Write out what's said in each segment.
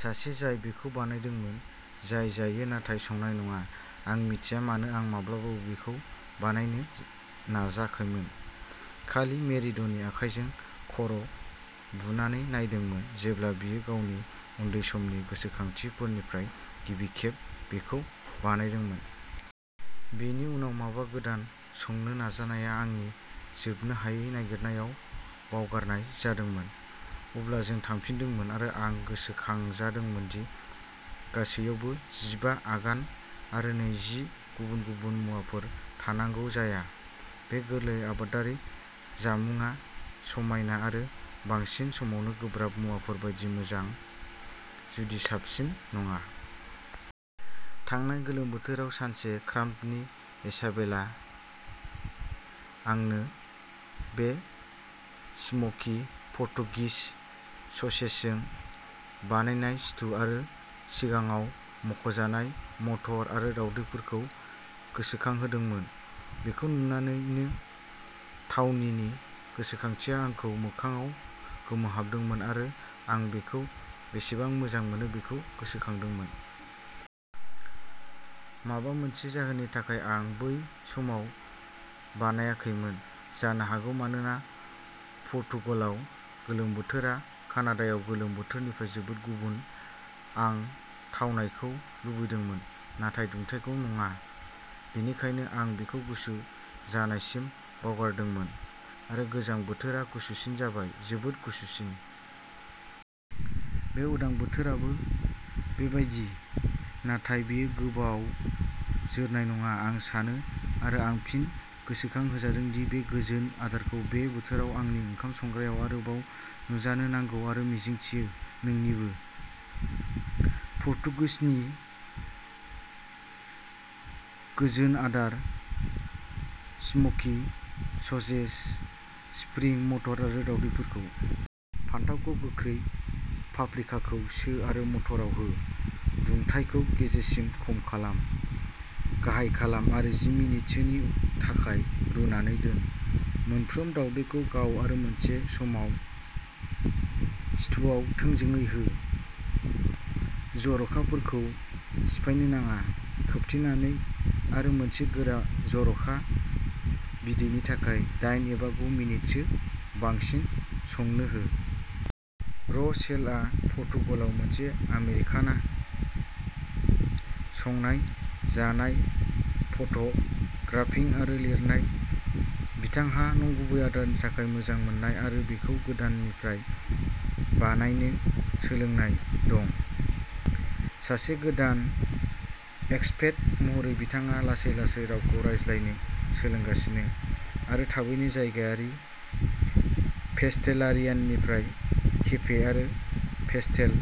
सासे जाय बेखौ बानायदोंमोन, जाय जायो नाथाय संनाय नङा। आं मिथिया मानो आं माब्लाबाबो बेखौ बानायनो नाजाखैमोन, खालि मेरिड'नि आखाइजों खर' बुनानै नायदोंमोन जेब्ला बियो गावनि उन्दै समनि गोसोखांथिफोरनिफ्राय गिबि खेब बेखौ बानायदोंमोन। बेनि उनाव माबा गोदान संनो नाजानाया आंनि जोबनो हायै नागिरनायाव बावगारनाय जादोंमोन। अब्ला जों थांफिनदोंमोन आरो आं गोसोखांजादोंमोन दि गासैयावबो जिबा आगान आरो नैजि गुबुन-गुबुन मुवाफोर थानांगौ जाया। बै गोरलै आबादारि जामुंआ समायना आरो बांसिन समावनो गोब्राब मुवाफोर बायदि मोजां, जुदि साबसिन नङा। थांनाय गोलोम बोथोराव सानसे, क्राम्बनि इसाबेला, आंनो बे स्मोकी पर्तुगिस ससेजजों बानायनाय स्टु आरो सिगाङाव मुंख'जानाय मटर आरो दावदैफोरखौ गोसोखांहोदोंमोन। बेखौ नुनानैनो थावनायनि गोसोखांथिया आंखौ मोखांआव गोमोहाबदोंमोन आरो आं बेखौ बेसेबां मोजां मोनो बेखौ गोसोखांदोंमोन। माबा मोनसे जाहोननि थाखाय आं बै समाव बानायाखैमोन। जानो हागौ मानोना पर्तुगालाव गोलोम बोथोरा कानाडायाव गोलोम बोथोरनिफ्राय जोबोद गुबुन। आं थावनायखौ लुबैदोंमोन, नाथाय दुंथाइखौ नङा, बेनिखायनो आं बेखौ गुसु जानायसिम बावगारदोंमोन। आरो गोजां बोथोरा गुसुसिन जाबाय, जोबोद गुसुसिन। बे उदां बोथोराबो बेबायदि, नाथाय बेयो गोबाव जोरनाय नङा आं सानो आरो आं फिन गोसोखांहोजादों दि बे गोजोन आदारखौ बे बोथोराव आंनि ओंखाम संग्रायाव आरोबाव नुजानो नांगौ आरो मिजिंथियो नोंनिबो। पर्तुगिसनि गोजोन आदार स्मोकी ससेज, स्प्रिं मटर आरो दावदैफोरखौ। फानथाव गोखै, पाप्रिकाखौ सो आरो मटराव हो। दुंथायखौ गेजेरसिम खम खालाम। गाहाय खालाम आरो जि मिनिटसोनि थाखाय रुनानै दोन। मोनफ्रोम दावदैखौ गाव आरो मोनसे समाव स्टुवआव थोंजोङै हो, जर'खाफोरखौ सिफायनो नाङा। खोबथेनानै आरो मोनसे गोरा जर'खा बिदैनि थाखाय दाइन एबा गु मिनिटसो बांसिन संनो हो। र'शेलआ पर्तुगालाव मोनसे आमेरिकाना संनाय, जानाय, फट'ग्राफिं आरो लिरनाय। बिथांहा नंगुबै आदारनि थाखाय मोजां मोननाय आरो बेखौ गोदाननिफ्राय बानायनो सोलोंनाय दं। सासे गोदान एक्सपेट महरै बिथाङा लासै-लासै रावखौ रायज्लायनो सोलोंगासिनो आरो थाबैनो जायगायारि पेस्टेलारियानिफ्राय केफे आरो पेस्टेल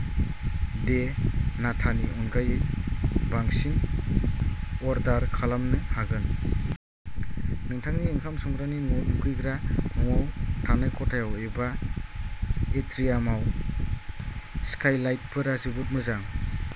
डे नाटानि अनगायै बांसिन अर्डार खालामनो हागोन। नोंथांनि ओंखाम संग्रानि न'आव, दुगैग्रा न'आव, थानाय खथायाव, एबा एट्रियामाव, स्काइलाइटफोरा जोबोद मोजां।